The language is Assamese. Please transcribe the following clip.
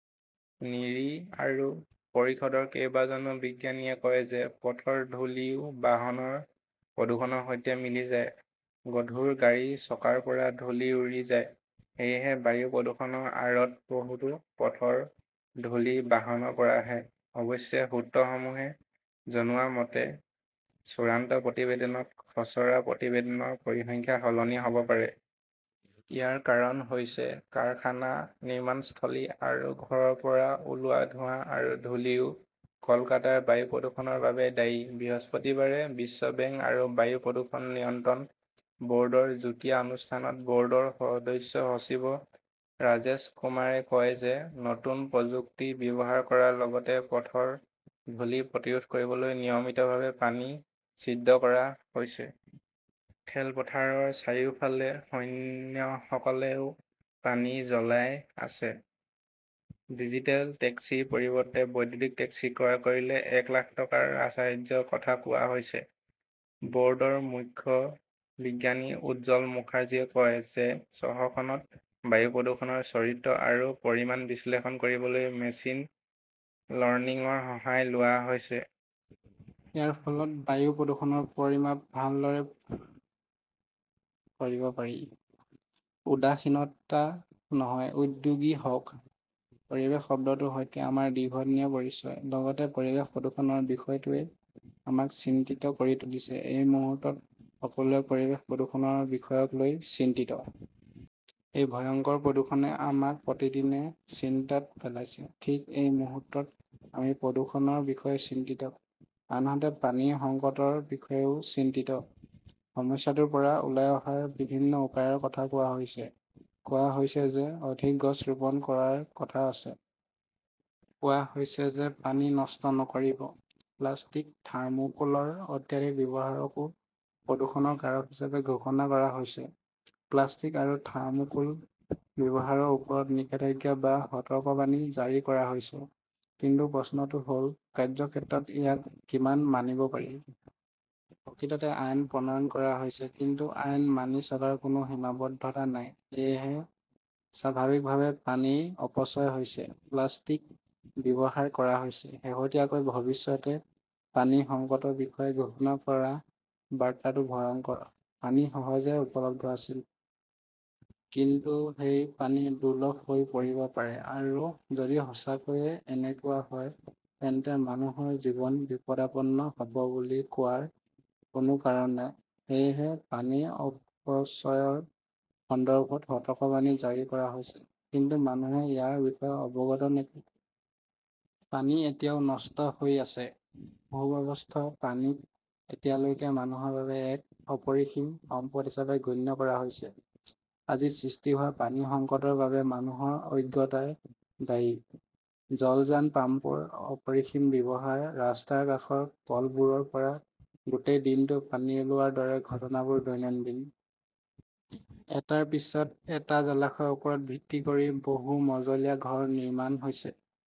নিৰী আৰু পৰিষদৰ কেইবাজনো বিজ্ঞানীয়ে কয় যে, পথৰ ধূলিও বাহনৰ প্ৰদূষণৰ সৈতে মিলি যায়। গধুৰ গাড়ীৰ চকাৰ পৰাও ধূলি উৰি যায়। সেয়েহে বায়ু প্ৰদূষণৰ আঁৰত বহুতো পথৰ ধূলি বাহনৰ পৰা আহে। অৱশ্যে, সূত্ৰসমূহে জনোৱা মতে, চূড়ান্ত প্ৰতিবেদনত খচৰা প্ৰতিবেদনৰ পৰিসংখ্যা সলনি হ'ব পাৰে। ইয়াৰ কাৰণ হৈছে কাৰখানা, নিৰ্মাণস্থলী আৰু ঘৰৰ পৰা ওলোৱা ধোঁৱা আৰু ধূলিও কলকাতাৰ বায়ু প্ৰদূষণৰ বাবে দায়ী। বৃহস্পতিবাৰে বিশ্ব বেংক আৰু বায়ু প্ৰদূষণ নিয়ন্ত্ৰণ ব'ৰ্ডৰ যুটীয়া অনুষ্ঠানত ব'ৰ্ডৰ সদস্য-সচিব ৰাজেশ কুমাৰে কয় যে নতুন প্ৰযুক্তি ব্যৱহাৰ কৰাৰ লগতে পথৰ ধূলি প্ৰতিৰোধ কৰিবলৈ নিয়মিতভাৱে পানী ছিদ্ৰ কৰা হৈছে। খেলপথাৰৰ চাৰিওফালে সৈন্যসকলেও পানী জ্বলাই আছে। ডিজেল টেক্সিৰ পৰিৱৰ্তে বৈদ্যুতিক টেক্সি ক্ৰয় কৰিলে এক লাখ টকাৰ ৰাজসাহায্যৰ কথা কোৱা হৈছে। ব'ৰ্ডৰ মুখ্য বিজ্ঞানী উজ্জ্বল মুখাৰ্জীয়ে কয় যে, চহৰখনত বায়ু প্ৰদূষণৰ চৰিত্ৰ আৰু পৰিমাণ বিশ্লেষণ কৰিবলৈ 'মেচিন লৰ্ণিঙৰ সহায় লোৱা হৈছে। ইয়াৰ ফলত বায়ু প্ৰদূষণৰ পৰিমাপ ভালদৰে কৰিব পাৰি। উদাসীনতা নহয়-উদ্যোগী হওক পৰিৱেশ শব্দটোৰ সৈতে আমাৰ দীৰ্ঘদিনীয়া পৰিচয়। লগতে পৰিৱেশ প্ৰদূষণৰ বিষয়টোৱে আমাক চিন্তিত কৰি তুলিছে। এই মুহূৰ্তত সকলোৱে পৰিৱেশ প্ৰদূষণৰ বিষয়ক লৈ চিন্তিত। এই ভয়ংকৰ প্ৰদূষণে আমাক প্ৰতিদিনে চিন্তাত পেলাইছে। ঠিক এই মুহূৰ্তত আমি প্ৰদূষণৰ বিষয়ে চিন্তিত, আনহাতে পানীৰ সংকটৰ বিষয়েও চিন্তিত। সমস্যাটোৰ পৰা ওলাই অহাৰ বিভিন্ন উপায়ৰ কথা কোৱা হৈছে। কোৱা হৈছে যে ,অধিক গছ ৰোপণ কৰাৰ কথা আছে। কোৱা হৈছে যে পানী নষ্ট নকৰিব। প্লাষ্টিক, থাৰ্মোকোলৰ অত্যাধিক ব্যৱহাৰকো প্ৰদূষণৰ কাৰক হিচাপে ঘোষণা কৰা হৈছে। প্লাষ্টিক আৰু থাৰ্মোকোল ব্যৱহাৰৰ ওপৰত নিষেধাজ্ঞা বা সতৰ্কবাণী জাৰি কৰা হৈছে। কিন্তু প্ৰশ্নটো হ'ল, কাৰ্যক্ষেত্ৰত ইয়াক কিমান মানিব পাৰি? প্ৰকৃততে আইন প্ৰণয়ন কৰা হৈছে কিন্তু আইন মানি চলাৰ কোনো সীমাবদ্ধতা নাই। সেয়েহে স্বাভাৱিকভাৱেই পানীৰ অপচয় হৈছে। প্লাষ্টিক ব্যৱহাৰ কৰা হৈছে। শেহতীয়াকৈ ভৱিষ্যতে পানীৰ সংকটৰ বিষয়ে ঘোষণা কৰা বাৰ্তাটো ভয়ংকৰ। পানী সহজে উপলব্ধ আছিল। কিন্তু সেই পানী দুৰ্লভ হৈ পৰিব পাৰে। আৰু যদি সঁচাকৈয়ে এনেকুৱা হয় তেন্তে মানুহৰ জীৱন বিপদাপন্ন হ'ব বুলি কোৱাৰ কোনো কাৰণ নাই। সেয়েহে পানীৰ অপচয়ৰ সন্দৰ্ভত সতৰ্কবাণী জাৰি কৰা হৈছে। কিন্তু মানুহে ইয়াৰ বিষয়ে অৱগত নেকি? পানী এতিয়াও নষ্ট হৈ আছে। ভূগৰ্ভস্থ পানীক এতিয়ালৈকে মানুহৰ বাবে এক অপৰিসীম সম্পদ হিচাপে গণ্য কৰা হৈছে। আজি সৃষ্টি হোৱা পানীৰ সংকটৰ বাবে মানুহৰ অজ্ঞতাই দায়ী। জলযান পাম্পৰ অপৰিসীম ব্যৱহাৰ, ৰাস্তাৰ কাষৰ কলবোৰৰ পৰা গোটেই দিনটো পানী ওলোৱাৰ দৰে ঘটনাবোৰ দৈনন্দিন। এটাৰ পিছত এটা জলাশয়ৰ ওপৰত ভিত্তি কৰি বহু-মজলীয়া ঘৰ নিৰ্মাণ হৈছে ।